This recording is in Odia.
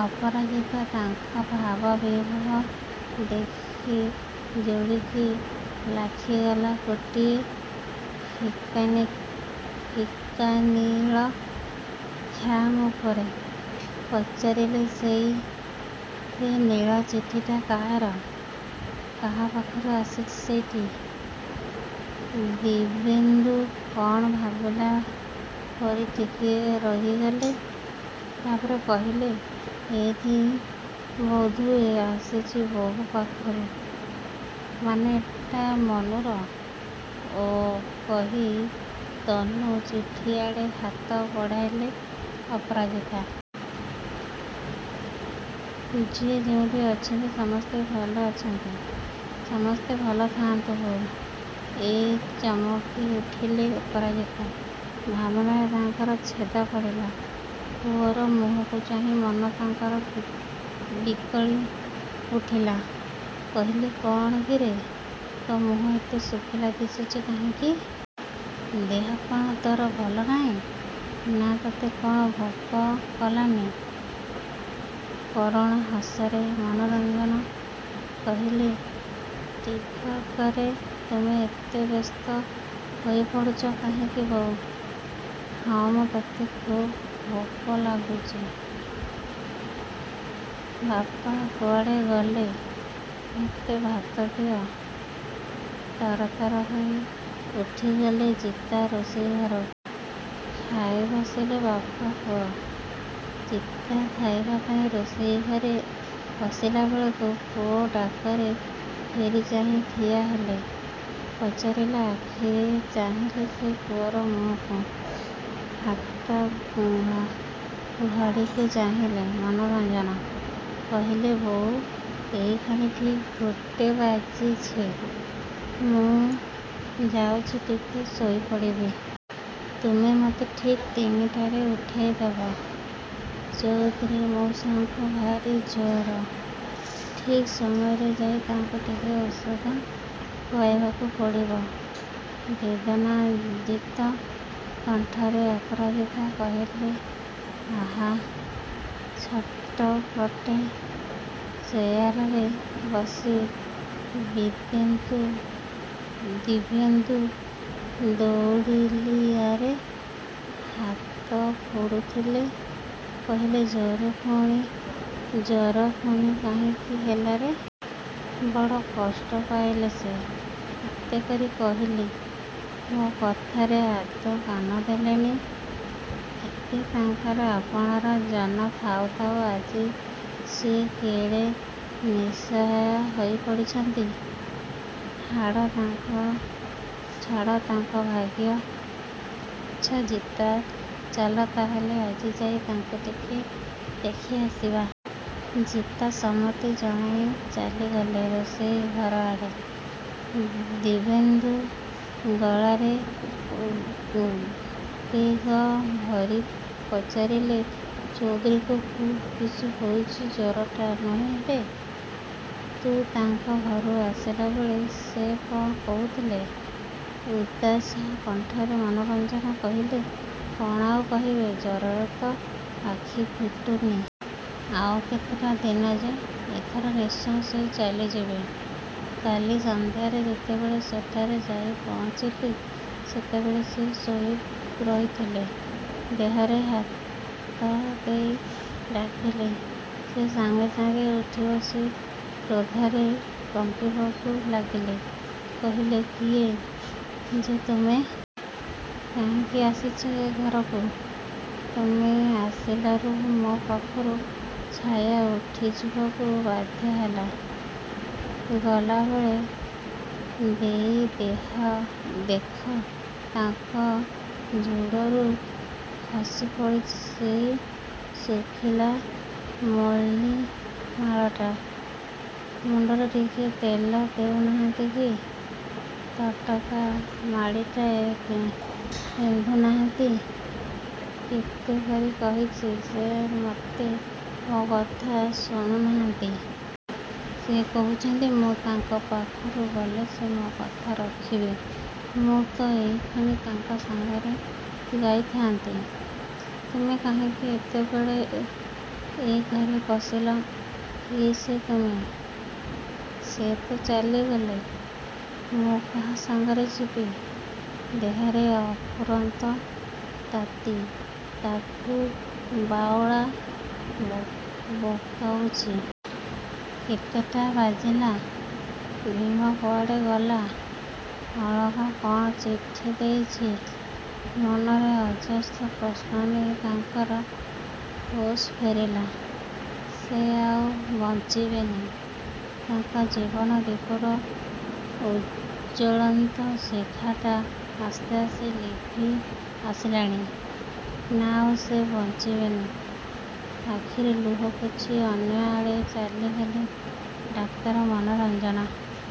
ଅପରାଜିତାଙ୍କ ଭାବବିଭୋର ଆଖିଯୋଡ଼ିକି ଲାଖିଗଲା ଗୋଟିଏ ଫିକାନୀଳ ଖାମ୍ ଉପରେ। ପଚାରିଲେସେଇ, ସେଇ ନୀଳ ଚିଠିଟା କାହାର। କାହାପାଖରୁ ଆସିଛି ସେଇଟି। ଦିବ୍ୟେନ୍ଦୁ କ'ଣ ଭାବିଲା ପରି ଟିକିଏ ରହିଗଲେ। ତାପରେ କହିଲେ, ଏଇଟି ବୋଧହୁଏ ଆସିଛି ବୋହୂ ପାଖରୁ। ମାନେ ଏଟା ମନୁର। ' ଓ, କହି, ତନୁ ଚିଠିଆଡ଼େ ହାତ ବଢ଼ାଇଲେ ଅପରାଜିତା। ଯିଏ ଯେଉଁଠି ଅଛନ୍ତି, ସମସ୍ତେ ଭଲ ଅଛନ୍ତି। ସମସ୍ତେ ଭଲ ଥାଆନ୍ତୁ। ବୋଉ! ଏଁ ଚମକିଉଠିଲେ ଅପରାଜିତା। ଭାବନାରେ ତାଙ୍କର ଛେଦ ପଡ଼ିଲା। ପୁଅର ମୁହଁକୁ ଚାହିଁ ମନ ତାଙ୍କର ବିକଳି ଉଠିଲା। କହିଲେ କ'ଣ କିରେ! ତୋ ମୁହଁ ଏତେ ଶୁଖିଲା ଦିଶୁଛି କାହିଁକି? ଦେହ କ'ଣ ତୋର ଭଲ ନାହିଁ? ନା, ତତେ କ'ଣ ଭୋକ କଲାଣି। କରୁଣ ହସିଲେ ମନୋରଞ୍ଜନ, କହିଲେ ଟିକକରେ ତୁମେ ଏତେ ବ୍ୟସ୍ତ ହୋଇପଡ଼ୁଛ କାହିଁକି ବୋଉ। ହଁ, ମତେ ଖୁବ୍ ଭୋକ ଲାଗୁଛି। ବାପା କୁଆଡ଼େ ଗଲେ, ମତେ ଭାତ ଦିଅ। ତରତର ହୋଇ ଉଠିଗଲେ ଜିତା ରୋଷେଇ ଘରକୁ। ଖାଇବସିଲେ ବାପ, ପୁଅ। ଜିତା ଖାଇବା ପାଇଁ ରୋଷେଇ ଘରେ ପଶିଲାବେଳକୁ ପୁଅ ଡାକରେ ଫେରି ଚାହିଁ ଠିଆହେଲେ। ପଚାରିଲା ଆଖିରେ ଚାହିଁଲେ ସେ ପୁଅର ମୁହଁକୁ। ହାତ ଘଡ଼ିକୁ ଚାହିଁଲେ ମନୋରଞ୍ଜନ। କହିଲେ ବୋଉ ଏଇକ୍ଷଣି ଠିକ୍ ଗୋଟେ ବାଜିଛି। ମୁଁ ଯାଉଛି ଟିକେ ଶୋଇପଡ଼ିବି। ତୁମେ ମତେ ଠିକ୍ ତିନିଟାରେ ଉଠାଇଦେବ। ଚୌଧୁରୀ ମଉସାଙ୍କୁ ଭାରି ଜ୍ୱର। ଠିକ୍ ସମୟରେ ଯାଇ ତାଙ୍କୁ ଟିକିଏ ଔଷଧ ଖୁଆଇବାକୁ ପଡ଼ିବ। ବେଦନାଯିତ କଣ୍ଠରେ ଅପରାଜିତା କହିଲେ ଆହା! ପଛପଟେ ଚେୟାରରେ ବସି ଦିବ୍ୟେନ୍ଦୁ ତଉଲିଆରେ ହାତ ପୋଛୁଥିଲେ, କହିଲେ ଜ୍ୱର ପୁଣି କାହିଁକି ହେଲାରେ? ବଡ଼ କଷ୍ଟ ପାଇଲେ ସିଏ। ଏତେ କରି କହିଲି, ମୋ କଥାରେ ଆଦୌ କାନ ଦେଲେନି। ଏତେ ତାଙ୍କର ଆପଣାର ଜନ ଥାଉ ଥାଉ ଆଜି ସିଏ କେଡ଼େ ନିଃସହାୟ ହୋଇପଡ଼ିଛନ୍ତି। ଛାଡ଼ ତାଙ୍କ ଭାଗ୍ୟ। ଆଚ୍ଛା ଜିତା ଚାଲ ତାହେଲେ ଆଜି ଯାଇ ତାଙ୍କୁ ଟିକିଏ ଦେଖିଆସିବା। ଜିତା ସମ୍ମତି ଜଣାଇ ଚାଲିଗଲେ ରୋଷେଇ ଘରଆଡ଼େ। ଦିବ୍ୟେନ୍ଦୁ ଗଳାରେ ଉଦ୍ବେଗ ଭରି ପଚାରିଲେ ଚୌଧୁରୀଙ୍କୁ ଖୁବ୍ ବେଶୀ ହୋଇଛି ଜ୍ୱରଟା ନୁହେଁରେ? ତୁ ତାଙ୍କ ଘରୁ ଆସିଲାବେଳେ ସେ କ'ଣ କରୁଥିଲେ? ଉଦାସ କଣ୍ଠରେ ମନୋରଞ୍ଜନ କହିଲେ କ'ଣ ଆଉ କରିବେ ଜ୍ୱରରେ ତ ଆଖିଫିଟୁନି। ଆଉ କେତେଟା ଦିନ ଯେ, ଏଥର ନିଶ୍ଚୟ ସେ ଚାଲିଯିବେ। କାଲି ସନ୍ଧ୍ୟାରେ ଯେତେବେଳେ ସେଠାରେ ଯାଇ ପହଞ୍ଚିଲି ସେତେବେଳେ ସେ ଶୋଇ ରହିଥିଲେ। ଦେହରେ ହାତ ଦେଇ ଡାକିଲି। ସେ ସାଙ୍ଗେ ସାଙ୍ଗେ ଉଠି ବସି କ୍ରୋଧରେ କମ୍ପିବାକୁ ଲାଗିଲେ। କହିଲେ କିଏ, ଯେ ତୁମେ? କାହିଁକି ଆସିଛ ଏ ଘରକୁ? ତୁମେ ଆସିଲାରୁ ମୋ ପାଖରୁ ଛାୟା ଉଠିଯିବାକୁ ବାଧ୍ୟହେଲା। ଗଲାବେଳେ, ହେଇ ଦେଖ ତାଙ୍କ ଜୁଡ଼ରୁ ଖସିପଡ଼ିଛି ସେଇ ଶୁଖିଲା ମଲ୍ଲୀମାଳଟା। ମୁଣ୍ଡରେ ଟିକିଏ ତେଲ ଦେଉନାହାନ୍ତି କି, ତଟକା ମାଳିଟାଏ ପିନ୍ଧୁନାହାନ୍ତି। କେତେ କରି କହୁଛି, ସେ ମୋଟେ ମୋ କଥା ଶୁଣୁନାହାନ୍ତି। ସେ କହୁଛନ୍ତି ମୁଁ ତାଙ୍କ ପାଖକୁ ଗଲେ ସେ ମୋ କଥା ରଖିବେ। ମୁଁ ତ ଏଇକ୍ଷଣି ତାଙ୍କ ସାଙ୍ଗରେ ଯାଇଥାନ୍ତି। ତୁମେ କାହିଁକି ଏତେବେଳେ ଏ ଘରେ ପଶିଲ? କିଏ ସେ ତୁମେ? ସେ ତ ଚାଲିଗଲେ, ମୁଁ କାହା ସାଙ୍ଗରେ ଯିବି? ଦେହରେ ଅଫୁରନ୍ତ ତାତି ତାଙ୍କୁ ବାଉଳା ବକାଉଛି। କେତେଟା ବାଜିଲା? ଭୀମ କୁଆଡ଼େ ଗଲା? ଅଳକା କ'ଣ ଚିଠି ଦେଇଛି? ମନରେ ଅଜସ୍ର ପ୍ରଶ୍ନ ନେଇ ତାଙ୍କର ହୋସ୍ ଫେରିଲା। ସେ ଆଉ ବଞ୍ଚିବେନି। ତାଙ୍କ ଜୀବନ ଦୀପର ଜ୍ୱଳନ୍ତ ଶିଖାଟା ଆସ୍ତେ ଆସ୍ତେ ଲିଭି ଆସିଲାଣି। ନାଁ ଆଉ ସେ ବଞ୍ଚିବେନି। ଆଖିରୁ ଲୁହ ପୋଛି ଅନ୍ୟଆଡ଼େ ଚାଲିଗଲେ ଡାକ୍ତର ମନୋରଞ୍ଜନ।